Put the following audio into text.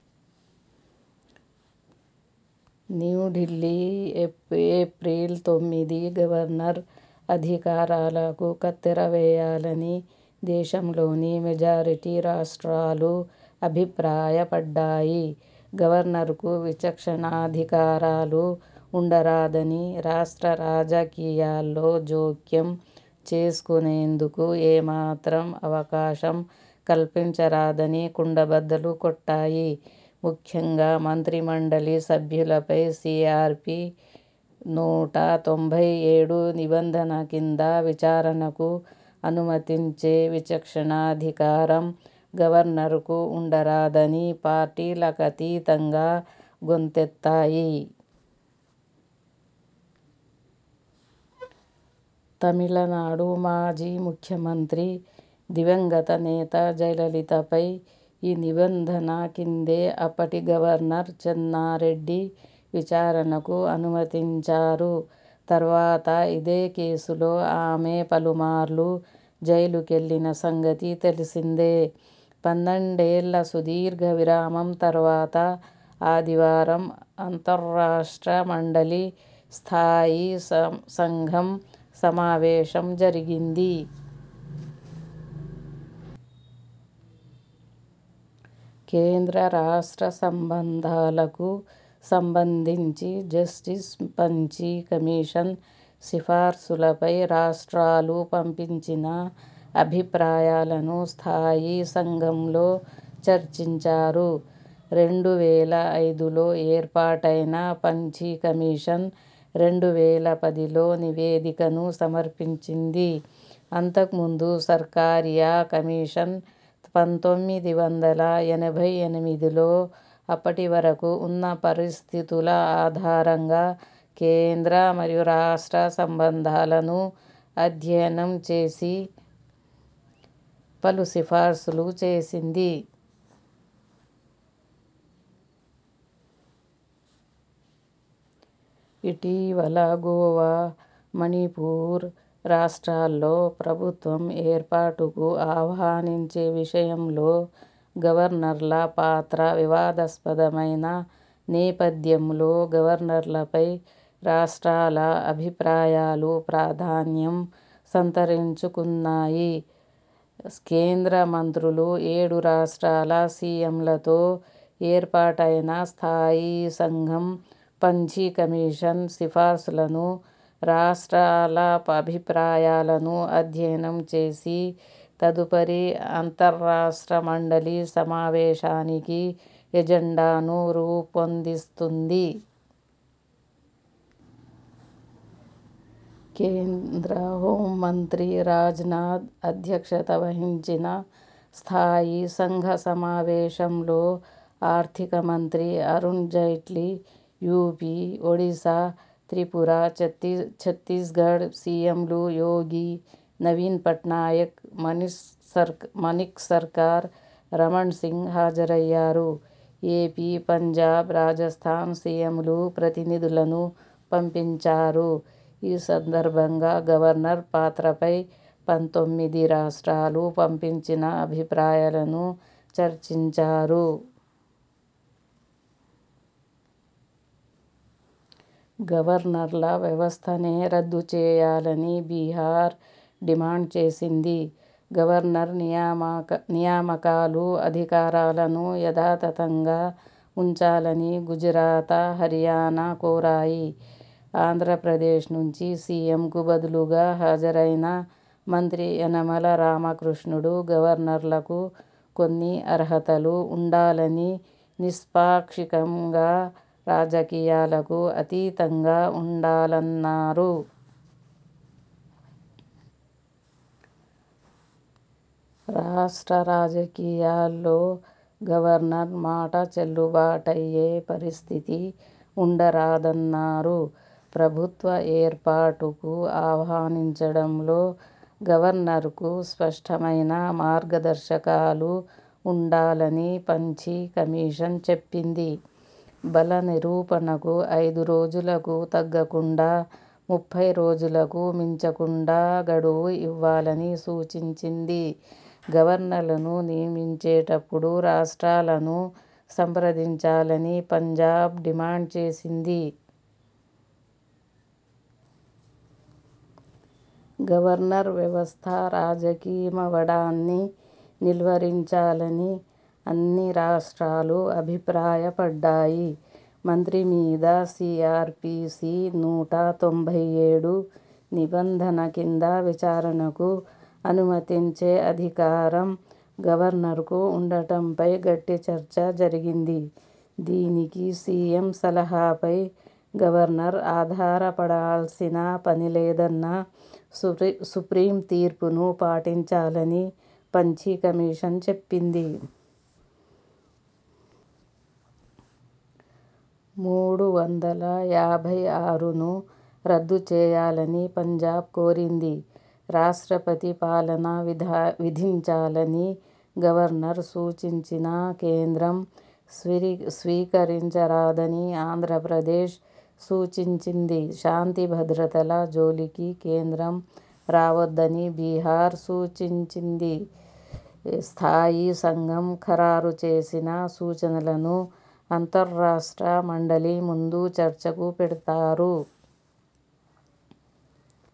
New Delhi April తొమ్మిది governor అధికారాలకు కత్తెర వేయాలని దేశంలోని మెజారిటీ రాష్ట్రాలు అభిప్రాయపడ్డాయి. గవర్నర్కు విచక్షణాధికారాలు ఉండరాదని, రాష్ట్ర రాజకీయాల్లో జోక్యం చేసుకొనేందుకు ఏ మాత్రం అవకాశం కల్పించరాదని కుండబద్దలు కొట్టాయి. ముఖ్యంగా మంత్రి మండలి సభ్యులపై సీఆర్పీ నూట తొంభై ఏడు నిబంధన కింద విచారణకు అనుమతించే విచక్షణాధికారం గవర్నర్కు ఉండరాదని పార్టీలకతీతంగా గొంతెత్తాయి. తమిళనాడు మాజీ ముఖ్యమంత్రి, దివంగత నేత జయలలితపై ఈ నిబంధన కిందే అప్పటి గవర్నర్ చెన్నారెడ్డి విచారణకు అనుమతించారు. తర్వాత ఇదే కేసులో ఆమె పలుమార్లు జైలుకెళ్లిన సంగతి తెలిసిందే. పన్నెండేళ్ల సుదీర్ఘ విరామం తర్వాత ఆదివారం అంతర్రాష్ట్ర మండలి స్థాయీ సం ఘం సమావేశం జరిగింది. కేంద్ర-రాష్ట్ర సంబంధాలకు సంబంధించి జస్టిస్ పంచీ కమిషన్ సిఫార్సులపై రాష్ట్రాలు పంపించిన అభిప్రాయాలను స్థాయీ సంఘంలో చర్చించారు. రెండు వేల ఐదులో ఏర్పాటైన పంఛీ కమిషన్ రెండు వేల పదిలో నివేదికను సమర్పించింది. అంతకు ముందు సర్కారియా కమిషన్ పంతొమ్మిది వందల ఎనభై ఎనిమిదిలో అప్పటివరకు ఉన్న పరిస్థితుల ఆధారంగా కేంద్ర మరియు రాష్ట్ర సంబంధాలను అధ్యయనం చేసి పలు సిఫార్సులు చేసింది. ఇటీవల గోవా, మణిపూ ర్ రాష్ట్రాల్లో ప్రభుత్వం ఏర్పాటుకు ఆహ్వానించే విషయంలో గవర్నర్ల పాత్ర వివాదాస్పదమైన నేపథ్యంలో గవర్నర్లపై రాష్ట్రాల అభిప్రాయాలు ప్రాధాన్యం సంతరించుకున్నాయి. కేంద్ర మం త్రులు, ఏడు రాష్ట్రాల సీఎంలతో ఏర్పాటైన స్థాయీసంఘం పంఛీ కమిషన్ సిఫార్సులను, రాష్ట్రాల అభిప్రాయాలను అధ్యయనం చేసి, తదుపరి అంతర్రాష్ట్ర మండలి సమావేశానికి ఎజెండాను రూపొందిస్తుంది. కేంద్ర హోంమంత్రి రాజ్నాథ్ అధ్యక్షత వహించిన స్థాయీ సంఘ సమావేశంలో ఆర్థికమంత్రి అరుణ్ జైట్లీ, యూపీ, ఒడిసా, త్రిపుర, ఛత్తీస్ ఛత్తీస్గఢ్ సీఎంలు యోగి, నవీన్ పట్నాయక్, మానిక్సర్కార్, రమణ్సింగ్ హాజరయ్యారు. ఏపీ, పంజాబ్, రాజస్థాన్ సీఎంలు ప్రతినిధులను పంపించారు. ఈ సందర్భంగా గవర్నర్ పాత్రపై పంతొమ్మిది రాష్ట్రాలు పంపించిన అభిప్రాయాలను చర్చించారు. గవర్నర్ల వ్యవస్థనే రద్దు చేయాలని బిహా ర్ డిమాండ్ చేసింది. గవర్నర్ నియామకాలు, అధికారాలను యధాతథంగా ఉంచాలని గుజరాత, హర్యానా కోరాయి. ఆంధ్రప్రదేశ్ నుంచి సీఎంకు బదులుగా హాజరైన మంత్రి యనమల రామకృష్ణుడు గవర్నర్లకు కొన్ని అర్హతలు ఉండాలని, నిష్పాక్షికం గా, రాజకీయాలకు అతీతంగా ఉండాలన్నారు. రాష్ట్ర రాజకీయా ల్లో గవర్నర్ మాట చెల్లుబాటయ్యే పరిస్థితి ఉండరాదన్నారు. ప్రభుత్వ ఏర్పాటుకు ఆహ్వానించడంలో గవర్నర్కు స్పష్టమైన మార్గదర్శకాలు ఉండాలని పంఛీ కమిషన్ చెప్పింది. బల నిరూపణకు ఐదు రోజులకు తగ్గకుండా, ముప్పై రోజులకు మించకుండా గడువు ఇవ్వాలని సూచించింది. గవర్నర్లను నియమించేటప్పు డు రాష్ట్రాలను సంప్రదించాలని పంజాబ్ డిమాండ్ చేసింది. గవర్నర్ వ్యవస్థ రాజకీయమవడాన్ని నిలువరించాలని అన్ని రాష్ట్రాలు అభిప్రాయపడ్డాయి. మంత్రి మీద సీఆర్పీసీ నూట తొంభై ఏడు నిబంధన కింద విచారణకు అనుమతించే అధికారం గవర్నర్కు ఉండటంపై గట్టి చర్చ జరిగింది. దీనికి సీఎం సలహాపై గవర్న ర్ ఆధారపడాల్సిన పనిలేదన్న సుప్రీం తీర్పును పాటించాలని పంఛీ కమిషన్ చెప్పింది. మూడు వందల యాభై ఆరును రద్దు చేయాలని పంజాబ్ కోరింది. రాష్ట్రపతి పాలన విధించాలని గవర్నర్ సూచించినా కేంద్రం స్వీకరించరాదని ఆంధ్రప్రదేశ్ సూచించింది. శాంతి భద్రతల జోలికి కేంద్రం రావొద్దని బిహార్ సూచించింది. స్థాయీ సంఘం ఖరారు చేసిన సూచనలను అంతర్రాష్ట్ర మండలి ముందు చర్చకు పెడతారు.